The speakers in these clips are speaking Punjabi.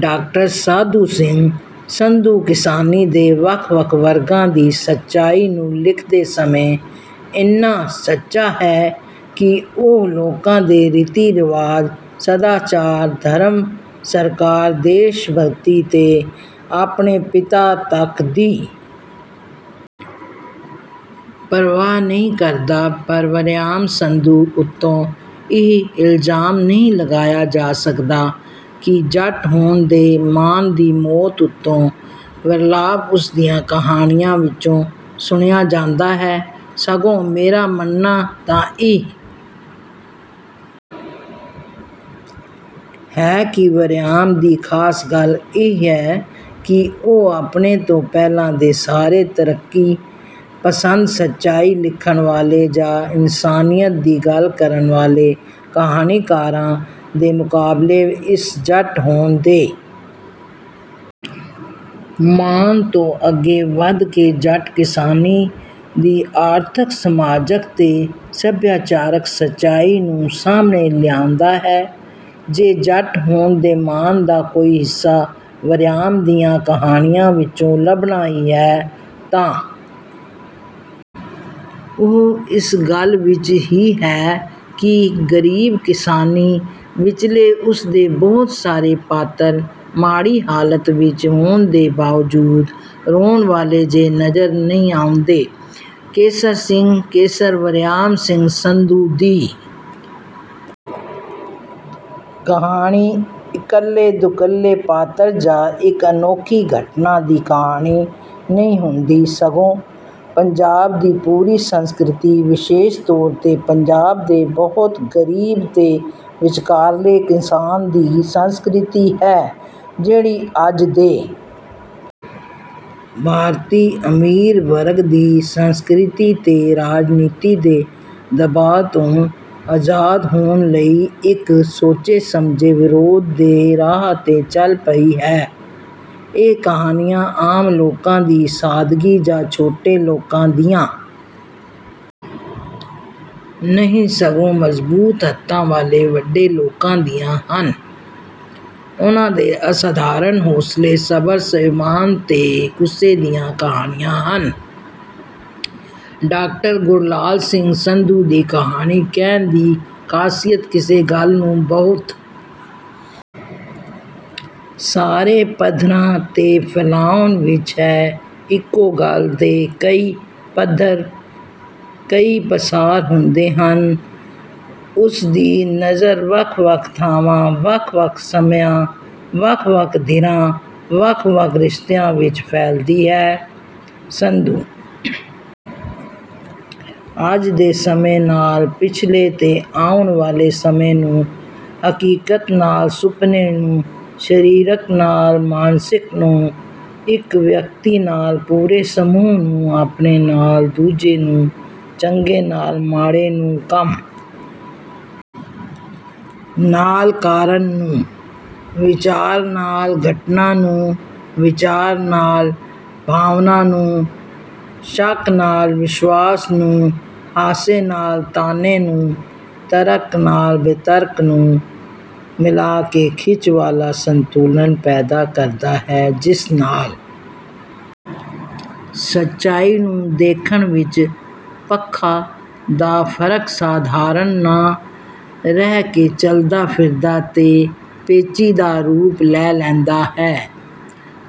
ਡਾਕਟਰ ਸਾਧੂ ਸਿੰਘ ਸੰਧੂ ਕਿਸਾਨੀ ਦੇ ਵੱਖ ਵੱਖ ਵਰਗਾਂ ਦੀ ਸੱਚਾਈ ਨੂੰ ਲਿਖਦੇ ਸਮੇਂ ਇੰਨਾ ਸੱਚਾ ਹੈ ਕਿ ਉਹ ਲੋਕਾਂ ਦੇ ਰੀਤੀ ਰਿਵਾਜ ਸਦਾਚਾਰ ਧਰਮ ਸਰਕਾਰ ਦੇਸ਼ ਭਗਤੀ ਤੇ ਆਪਣੇ ਪਿਤਾ ਤੱਕ ਦੀ ਪਰਵਾਹ ਨਹੀਂ ਕਰਦਾ ਪਰ ਵਰਿਆਮ ਸੰਧੂ ਉੱਤੇ ਇਹ ਇਲਜ਼ਾਮ ਨਹੀਂ ਲਗਾਇਆ ਜਾ ਸਕਦਾ ਕਿ ਜੱਟ ਹੋਣ ਦੇ ਮਾਣ ਦੀ ਮੌਤ ਉੱਤੇ ਵਿਰਲਾਪ ਉਸਦੀਆਂ ਕਹਾਣੀਆਂ ਵਿਚੋਂ ਸੁਣਿਆ ਜਾਂਦਾ ਹੈ ਸਗੋਂ ਮੇਰਾ ਮੰਨਣਾ ਤਾਂ ਇਹ ਹੈ ਕਿ ਵਰਿਆਮ ਦੀ ਖਾਸ ਗੱਲ ਇਹੀ ਹੈ ਕਿ ਉਹ ਆਪਣੇ ਤੋਂ ਪਹਿਲਾਂ ਦੇ ਸਾਰੇ ਤਰੱਕੀ ਪਸੰਦ ਸੱਚਾਈ ਲਿਖਣ ਵਾਲੇ ਜਾਂ ਇਨਸਾਨੀਅਤ ਦੀ ਗੱਲ ਕਰਨ ਵਾਲੇ ਕਹਾਣੀਕਾਰਾਂ ਦੇ ਮੁਕਾਬਲੇ ਇਸ ਜੱਟ ਹੋਣ ਦੇ ਮਾਣ ਤੋਂ ਅੱਗੇ ਵੱਧ ਕੇ ਜੱਟ ਕਿਸਾਨੀ ਦੀ ਆਰਥਕ ਸਮਾਜਕ ਤੇ ਸਭਿਆਚਾਰਕ ਸੱਚਾਈ ਨੂੰ ਸਾਹਮਣੇ ਲਿਆਉਂਦਾ ਹੈ ਜੇ ਜੱਟ ਹੋਣ ਦੇ ਮਾਣ ਦਾ ਕੋਈ ਹਿੱਸਾ ਵਰਿਆਮ ਦੀਆਂ ਕਹਾਣੀਆਂ ਵਿਚੋਂ ਲੱਭਣਾ ਹੀ ਹੈ ਤਾਂ ਉਹ ਇਸ ਗੱਲ ਵਿਚ ਹੀ ਹੈ ਕਿ ਗਰੀਬ ਕਿਸਾਨੀ ਵਿਚਲੇ ਉਸਦੇ ਬਹੁਤ ਸਾਰੇ ਪਾਤਰ ਮਾੜੀ ਹਾਲਤ ਵਿਚ ਹੋਣ ਦੇ ਬਾਵਜੂਦ ਰੋਣ ਵਾਲੇ ਜਿਹੇ ਨਜ਼ਰ ਨਹੀਂ ਆਉਂਦੇ ਕੇਸਰ ਸਿੰਘ ਕੇਸਰ ਵਰਿਆਮ ਸਿੰਘ ਸੰਧੂ ਦੀ ਕਹਾਣੀ ਇਕੱਲੇ ਦੁਕੱਲੇ ਪਾਤਰ ਜਾਂ ਇਕ ਅਨੋਖੀ ਘਟਨਾ ਦੀ ਕਹਾਣੀ ਨਹੀਂ ਹੁੰਦੀ ਸਗੋਂ ਪੰਜਾਬ ਦੀ ਪੂਰੀ ਸੰਸਕ੍ਰਿਤੀ ਵਿਸ਼ੇਸ਼ ਤੌਰ ਤੇ ਪੰਜਾਬ ਦੇ ਬਹੁਤ ਗਰੀਬ ਤੇ ਵਿਚਕਾਰਲੇ ਕਿਸਾਨ ਦੀ ਸੰਸਕ੍ਰਿਤੀ ਹੈ ਜਿਹੜੀ ਅੱਜ ਦੇ ਭਾਰਤੀ ਅਮੀਰ ਵਰਗ ਦੀ ਸੰਸਕ੍ਰਿਤੀ ਤੇ ਰਾਜਨੀਤੀ ਦੇ ਦਬਾਅ ਤੋਂ ਆਜ਼ਾਦ ਹੋਣ ਲਈ ਇਕ ਸੋਚੇ ਸਮਝੇ ਵਿਰੋਧ ਦੇ ਰਾਹ ਤੇ ਚੱਲ ਪਈ ਹੈ ਇਹ ਕਹਾਣੀਆਂ ਆਮ ਲੋਕਾਂ ਦੀ ਸਾਦਗੀ ਜਾਂ ਛੋਟੇ ਲੋਕਾਂ ਦੀਆਂ ਨਹੀਂ ਸਗੋਂ ਮਜ਼ਬੂਤ ਹੱਥਾਂ ਵਾਲੇ ਵੱਡੇ ਲੋਕਾਂ ਦੀਆਂ ਹਨ ਉਨ੍ਹਾਂ ਦੇ ਅਸਾਧਾਰਣ ਹੌਸਲੇ ਸਬਰ ਸਵੈਮਾਨ ਤੇ ਗੁੱਸੇ ਦੀਆਂ ਕਹਾਣੀਆਂ ਹਨ ਡਾਕਟਰ ਗੁਰਲਾਲ ਸਿੰਘ ਸੰਧੂ ਦੀ ਕਹਾਣੀ ਕਹਿਣ ਦੀ ਖਾਸੀਅਤ ਕਿਸੇ ਗੱਲ ਨੂੰ ਬਹੁਤ ਸਾਰੇ ਪੱਧਰਾਂ ਤੇ ਫੈਲਾਉਣ ਵਿਚ ਹੈ ਇਕੋ ਗੱਲ ਦੇ ਕਈ ਪੱਧਰ ਕਈ ਪਸਾਰ ਹੁੰਦੇ ਹਨ ਉਸਦੀ ਨਜ਼ਰ ਵੱਖ ਵੱਖ ਥਾਵਾਂ ਵੱਖ ਵੱਖ ਸਮਿਆਂ ਵੱਖ ਵੱਖ ਧਿਰਾਂ ਵੱਖ ਵੱਖ ਰਿਸ਼ਤਿਆਂ ਵਿਚ ਫੈਲਦੀ ਹੈ ਸੰਧੂ ਅੱਜ ਦੇ ਸਮੇਂ ਨਾਲ ਪਿਛਲੇ ਤੇ ਆਉਣ ਵਾਲੇ ਸਮੇਂ ਨੂੰ ਹਕੀਕਤ ਨਾਲ ਸੁਪਨੇ ਨੂੰ ਸਰੀਰਕ ਨਾਲ ਮਾਨਸਿਕ ਨੂੰ ਇਕ ਵਿਅਕਤੀ ਨਾਲ ਪੂਰੇ ਸਮੂਹ ਨੂੰ ਆਪਣੇ ਨਾਲ ਦੂਜੇ ਨੂੰ ਚੰਗੇ ਨਾਲ ਮਾੜੇ ਨੂੰ ਕੰਮ ਨਾਲ ਕਾਰਨ ਨੂੰ ਵਿਚਾਰ ਨਾਲ ਘਟਨਾ ਨੂੰ ਵਿਚਾਰ ਨਾਲ ਭਾਵਨਾ ਨੂੰ ਸ਼ੱਕ ਨਾਲ ਵਿਸ਼ਵਾਸ ਨੂੰ ਹਾਸੇ ਨਾਲ ਤਾਨੇ ਨੂੰ ਤਰਕ ਨਾਲ ਬੇਤਰਕ ਨੂੰ ਮਿਲਾ ਕੇ ਖਿੱਚ ਵਾਲਾ ਸੰਤੁਲਨ ਪੈਦਾ ਕਰਦਾ ਹੈ ਜਿਸ ਨਾਲ ਸੱਚਾਈ ਨੂੰ ਦੇਖਣ ਵਿਚ ਪੱਖਾਂ ਦਾ ਫਰਕ ਸਧਾਰਨ ਨਾ ਰਹਿ ਕੇ ਚਲਦਾ ਫਿਰਦਾ ਤੇ ਪੇਚੀਦਾ ਰੂਪ ਲੈ ਲੈਂਦਾ ਹੈ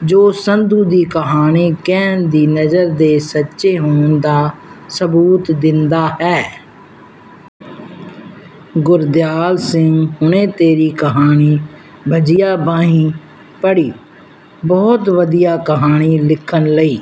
ਜੋ ਸੰਧੂ ਦੀ ਕਹਾਣੀ ਕਹਿਣ ਦੀ ਨਜ਼ਰ ਦੇ ਸੱਚੇ ਹੋਣ ਦਾ ਸਬੂਤ ਦਿੰਦਾ ਹੈ ਗੁਰਦਿਆਲ ਸਿੰਘ ਹੁਣੇ ਤੇਰੀ ਕਹਾਣੀ ਭੱਜੀਆਂ ਬਾਹੀਂ ਪੜ੍ਹੀ ਬਹੁਤ ਵਧੀਆ ਕਹਾਣੀ ਲਿਖਣ ਲਈ